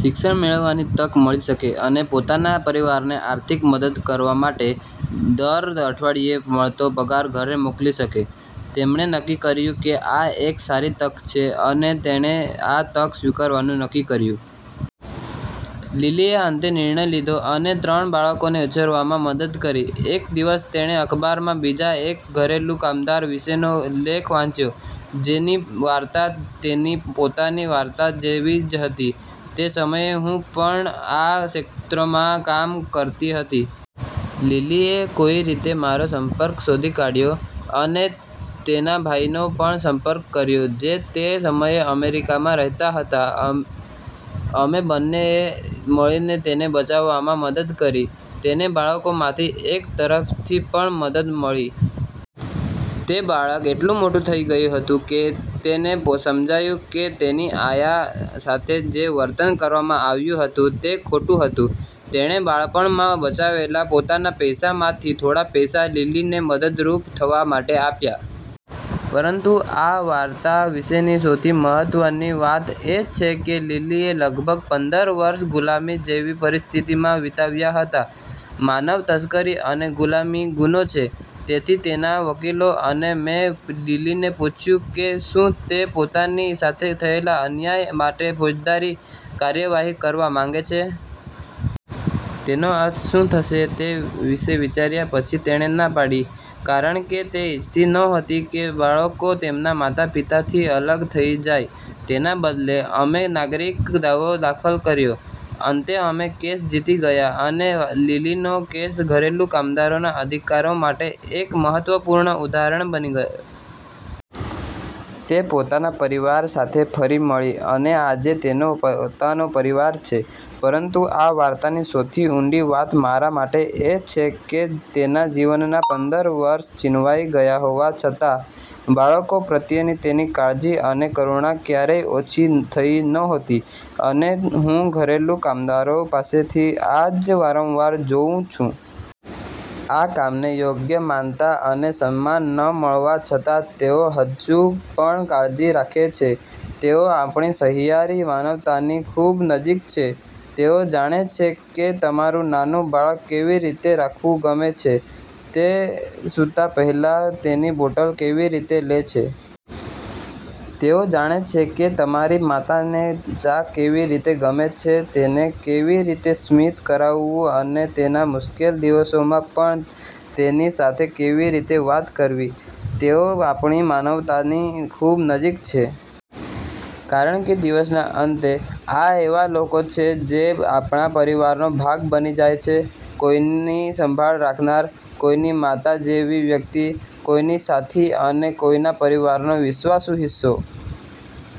શિક્ષણ મેળવવાની તક મળી શકે અને પોતાના પરિવારને આર્થિક મદદ કરવા માટે દર અઠવાડિયે મળતો પગાર ઘરે મોકલી શકે. તેમણે નક્કી કર્યું કે આ એક સારી તક છે અને તેણે આ તક સ્વીકારવાનું નક્કી કર્યું. લિલીએ અંતે નિર્ણય લીધો અને ત્રણ બાળકોને ઉછેરવામાં મદદ કરી. એક દિવસ, તેણે અખબારમાં બીજા એક ઘરેલું કામદાર વિશેનો લેખ વાંચ્યો, જેની વાર્તા તેની પોતાની વાર્તા જેવી જ હતી. તે સમયે હું પણ આ ક્ષેત્રમાં કામ કરતી હતી. લિલીએ કોઈ રીતે મારો સંપર્ક શોધી કાઢ્યો અને તેના ભાઈનો પણ સંપર્ક કર્યો, જે તે સમયે અમેરિકામાં રહેતા હતા. અમે બંનેએ મળીને તેને બચાવવામાં મદદ કરી. તેને બાળકોમાંથી એક તરફથી પણ મદદ મળી. તે બાળક એટલું મોટું થઈ ગયું હતું કે તેને સમજાયું કે તેની આયા સાથે જે વર્તન કરવામાં આવ્યું હતું તે ખોટું હતું. તેણે બાળપણમાં બચાવેલા પોતાના પૈસામાંથી થોડા પૈસા લિલીને મદદરૂપ થવા માટે આપ્યા. પરંતુ આ વાર્તા વિશેની સૌથી મહત્વની વાત એ છે કે લિલીએ લગભગ પંદર વર્ષ ગુલામી જેવી પરિસ્થિતિમાં વિતાવ્યાં હતાં. માનવ તસ્કરી અને ગુલામી ગુનો છે. તેથી તેના વકીલો અને મેં લિલીને પૂછ્યું કે શું તે પોતાની સાથે થયેલા અન્યાય માટે ફોજદારી કાર્યવાહી કરવા માંગે છે. તેનો અર્થ શું થશે તે વિશે વિચાર્યા પછી તેણે ના પાડી, કારણ કે તે ઇચ્છતી નહોતી કે બાળકો તેમના માતા-પિતાથી અલગ થઈ જાય. તેના બદલે, અમે નાગરિક દાવો દાખલ કર્યો. અંતે અમે કેસ જીતી ગયા અને લિલીનો કેસ ઘરેલું કામદારોના અધિકારો માટે એક મહત્વપૂર્ણ ઉદાહરણ બની ગયો. તે પોતાના પરિવાર સાથે ફરી મળી અને આજે તેનો પોતાનો પરિવાર છે. પરંતુ આ વાર્તાની સૌથી ઊંડી વાત મારા માટે એ છે કે તેના જીવનના પંદર વર્ષ છીનવાઈ ગયા હોવા છતાં, બાળકો પ્રત્યેની તેની કાળજી અને કરુણા ક્યારેય ઓછી થઈ નહોતી, અને હું ઘરેલું કામદારો પાસેથી આ જ વારંવાર જોઉં છું. આ કામને યોગ્ય માન્યતા અને સન્માન ન મળવા છતાં, તેઓ હજુ પણ કાળજી રાખે છે. તેઓ આપણી સહિયારી માનવતાની ખૂબ નજીક છે. તેઓ જાણે છે કે તમારું નાનું બાળક કેવી રીતે રાખવું ગમે છે, તે સૂતા પહેલાં તેની બોટલ કેવી રીતે લે છે. તેઓ જાણે છે કે તમારી માતાને ચા કેવી રીતે ગમે છે, તેને કેવી રીતે સ્મિત કરાવવું અને તેના મુશ્કેલ દિવસોમાં પણ તેની સાથે કેવી રીતે વાત કરવી. તેઓ આપણી માનવતાની ખૂબ નજીક છે. કારણ કે દિવસના અંતે, આ એવા લોકો છે જે આપણા પરિવારોનો ભાગ બની જાય છે, કોઈની સંભાળ રાખનાર, કોઈની માતા જેવી વ્યક્તિ, કોઈની સાથી અને કોઈના પરિવારનો વિશ્વાસુ હિસ્સો